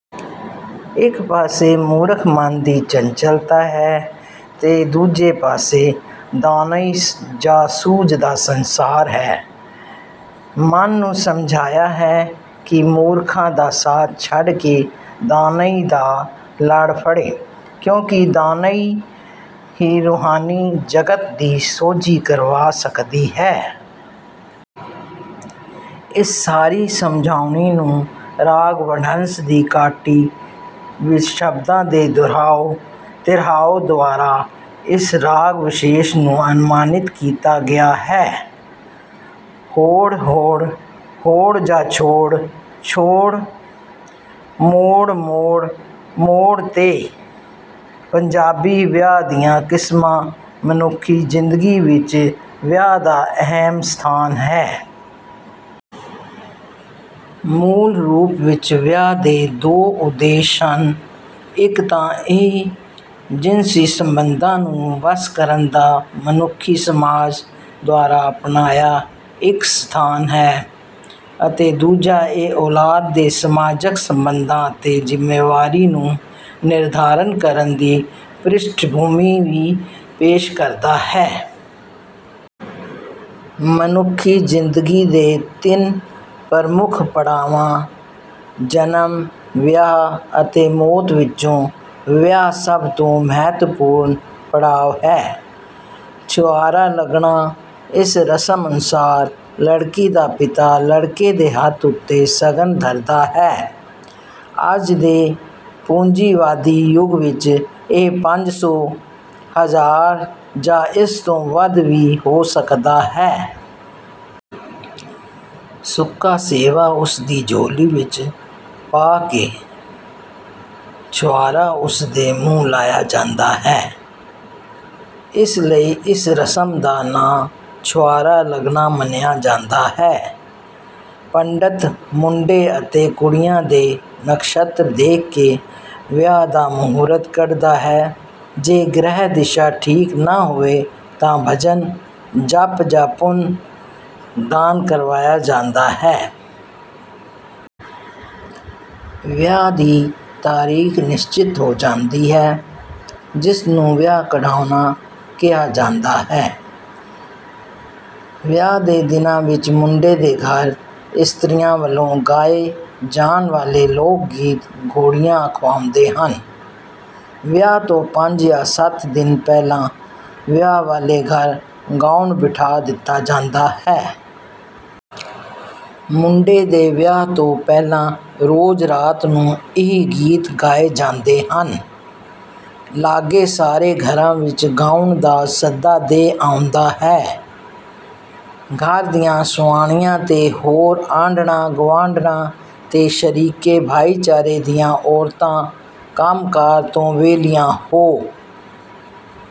ਇਕ ਪਾਸੇ ਮੂਰਖ ਮਨ ਦੀ ਚੰਚਲਤਾ ਹੈ ਤੇ ਦੂਜੇ ਪਾਸੇ ਦਾਨਾਈ ਜਾਂ ਸੂਝ ਦਾ ਸੰਸਾਰ ਹੈ, ਮਨ ਨੂੰ ਸਮਝਾਇਆ ਹੈ ਕਿ ਮੂਰਖਾਂ ਦਾ ਸਾਥ ਛੱਡ ਕੇ ਦਾਨਾਈ ਦਾ ਲੜ ਫੜੇ ਕਿਉਂਕਿ ਦਾਨਾਈ ਹੀ ਰੂਹਾਨੀ-ਜਗਤ ਦੀ ਸੌਝੀ ਕਰਵਾ ਸਕਦੀ ਹੈ। ਇਸ ਸਾਰੀ ਸਮਝਾਉਣੀ ਨੂੰ ਰਾਗ ਵਡਹੰਸ ਦੀ ਕਾਟੀ ਵਿਚ ਸ਼ਬਦਾਂ ਦੇ ਦੁਹਰਾਉ, ਤੀਹਰਾਓ ਦੁਆਰਾ ਇਸ ਰਾਗ-ਵਿਸ਼ੇਸ ਨੂੰ ਅਨੁਮਾਨਿਤ ਕੀਤਾ ਗਿਆ ਹੈ। ਹੋੜ, ਹੋੜ, ਹੋੜ ਜਾ ਛੋੜ, ਛੋੜ, 'ਮੋੜ, ਮੋੜ, ਮੋੜ ਤੇ। ਪੰਜਾਬੀ ਵਿਆਹ ਦੀਆਂ ਕਿਸਮਾਂ ਮਨੁੱਖੀ ਜ਼ਿੰਦਗੀ ਵਿੱਚ ਵਿਆਹ ਦਾ ਅਹਿਮ ਸਥਾਨ ਹੈ। ਮੂਲ ਰੂਪ ਵਿਚ ਵਿਆਹ ਦੇ ਦੋ ਉਦੇਸ਼ ਹਨ ਇਕ ਤਾਂ ਇਹ ਜਿਨਸੀ ਸੰਬੰਧਾਂ ਨੂੰ ਵੱਸ ਕਰਨ ਦਾ ਮਨੁੱਖੀ ਸਮਾਜ ਦੁਆਰਾ ਅਪਣਾਇਆ ਇਕ ਸਥਾਨ ਹੈ ਅਤੇ ਦੂਜਾ ਇਹ ਔਲਾਦ ਦੇ ਸਮਾਜਕ ਸੰਬੰਧਾਂ ਅਤੇ ਜਿੰਮੇਵਾਰੀ ਨੂੰ ਨਿਰਧਾਰਨ ਕਰਨ ਦੀ ਪ੍ਰਿਸ਼ਠ ਭੂਮੀ ਵੀ ਪੇਸ਼ ਕਰਦਾ ਹੈ। ਮਨੁੱਖੀ ਜ਼ਿੰਦਗੀ ਦੇ ਤਿੰਨ ਪ੍ਰਮੁੱਖ ਪੜਾਵਾਂ ਜਨਮ, ਵਿਆਹ ਅਤੇ ਮੌਤ ਵਿੱਚੋਂ ਵਿਆਹ ਸਭ ਤੋਂ ਮਹੱਤਵਪੂਰਨ ਪੜਾਅ ਹੈ। ਛੁਹਾਰਾ ਲੱਗਣਾ ਇਸ ਰਸਮ ਅਨੁਸਾਰ ਲੜਕੀ ਦਾ ਪਿਤਾ ਲੜਕੇ ਦੇ ਹੱਥ ਉੱਤੇ ਸ਼ਗਨ ਧਰਦਾ ਹੈ। ਅੱਜ ਦੇ ਪੂੰਜੀਵਾਦੀ ਯੁੱਗ ਵਿੱਚ ਇਹ ਪੰਜ ਸੌ, ਹਜ਼ਾਰ ਜਾਂ ਇਸ ਤੋਂ ਵੱਧ ਵੀ ਹੋ ਸਕਦਾ ਹੈ। ਸੁੱਕਾ ਸੇਵਾ ਉਸਦੀ ਝੋਲੀ ਵਿਚ ਪਾ ਕੇ ਛੁਹਾਰਾ ਉਸਦੇ ਮੂੰਹ ਲਾਇਆ ਜਾਂਦਾ ਹੈ। ਇਸ ਲਈ ਇਸ ਰਸਮ ਦਾ ਨਾਂ ਛੁਹਾਰਾ ਲੱਗਣਾ ਮੰਨਿਆ ਜਾਂਦਾ ਹੈ। ਪੰਡਿਤ ਮੁੰਡੇ ਅਤੇ ਕੁੜੀਆਂ ਦੇ ਨਖ਼ਸ਼ੱਤਰ ਦੇਖ ਕੇ ਵਿਆਹ ਦਾ ਮਹੂਰਤ ਕੱਢਦਾ ਹੈ ਜੇ ਗ੍ਰਹਿ ਦਿਸ਼ਾ ਠੀਕ ਨਾ ਹੋਵੇ ਤਾਂ ਭਜਨ, ਜਪ ਜਾਂ ਪੁੰਨ ਦਾਨ ਕਰਵਾਇਆ ਜਾਂਦਾ ਹੈ। ਵਿਆਹ ਦੀ ਤਾਰੀਖ਼ ਨਿਸ਼ਚਿਤ ਹੋ ਜਾਂਦੀ ਹੈ, ਜਿਸਨੂੰ ਵਿਆਹ ਕਢਵਾਉਣਾ ਕਿਹਾ ਜਾਂਦਾ ਹੈ। ਵਿਆਹ ਦੇ ਦਿਨਾਂ ਵਿੱਚ ਮੁੰਡੇ ਦੇ ਘਰ ਇਸਤਰੀਆਂ ਵੱਲੋਂ ਗਾਏ ਜਾਣ ਵਾਲੇ ਲੋਕ-ਗੀਤ ਘੋੜੀਆਂ ਅਖਵਾਉਂਦੇ ਹਨ। ਵਿਆਹ ਤੋਂ ਪੰਜ ਜਾਂ ਸੱਤ ਦਿਨ ਪਹਿਲਾਂ ਵਿਆਹ ਵਾਲੇ ਘਰ ਗਾਉਣ ਬਿਠਾ ਦਿੱਤਾ ਜਾਂਦਾ ਹੈ। ਮੁੰਡੇ ਦੇ ਵਿਆਹ ਤੋਂ ਪਹਿਲਾਂ ਰੋਜ਼ ਰਾਤ ਨੂੰ ਇਹ ਗੀਤ ਗਾਏ ਜਾਂਦੇ ਹਨ। ਲਾਗੀ ਸਾਰੇ ਘਰਾਂ ਵਿੱਚ ਗਾਉਣ ਦਾ ਸੱਦਾ ਦੇ ਆਉਂਦਾ ਹੈ। ਘਰ ਦੀਆਂ ਸੁਆਣੀਆਂ ਤੇ ਹੋਰ ਆਂਢਣਾਂ-ਗੁਆਢਣਾਂ ਤੇ ਸ਼ਰੀਕੇ ਭਾਈਚਾਰੇ ਦੀਆਂ ਔਰਤਾਂ ਕੰਮ ਕਾਰ ਤੋਂ ਵਿਹਲੀਆਂ ਹੋ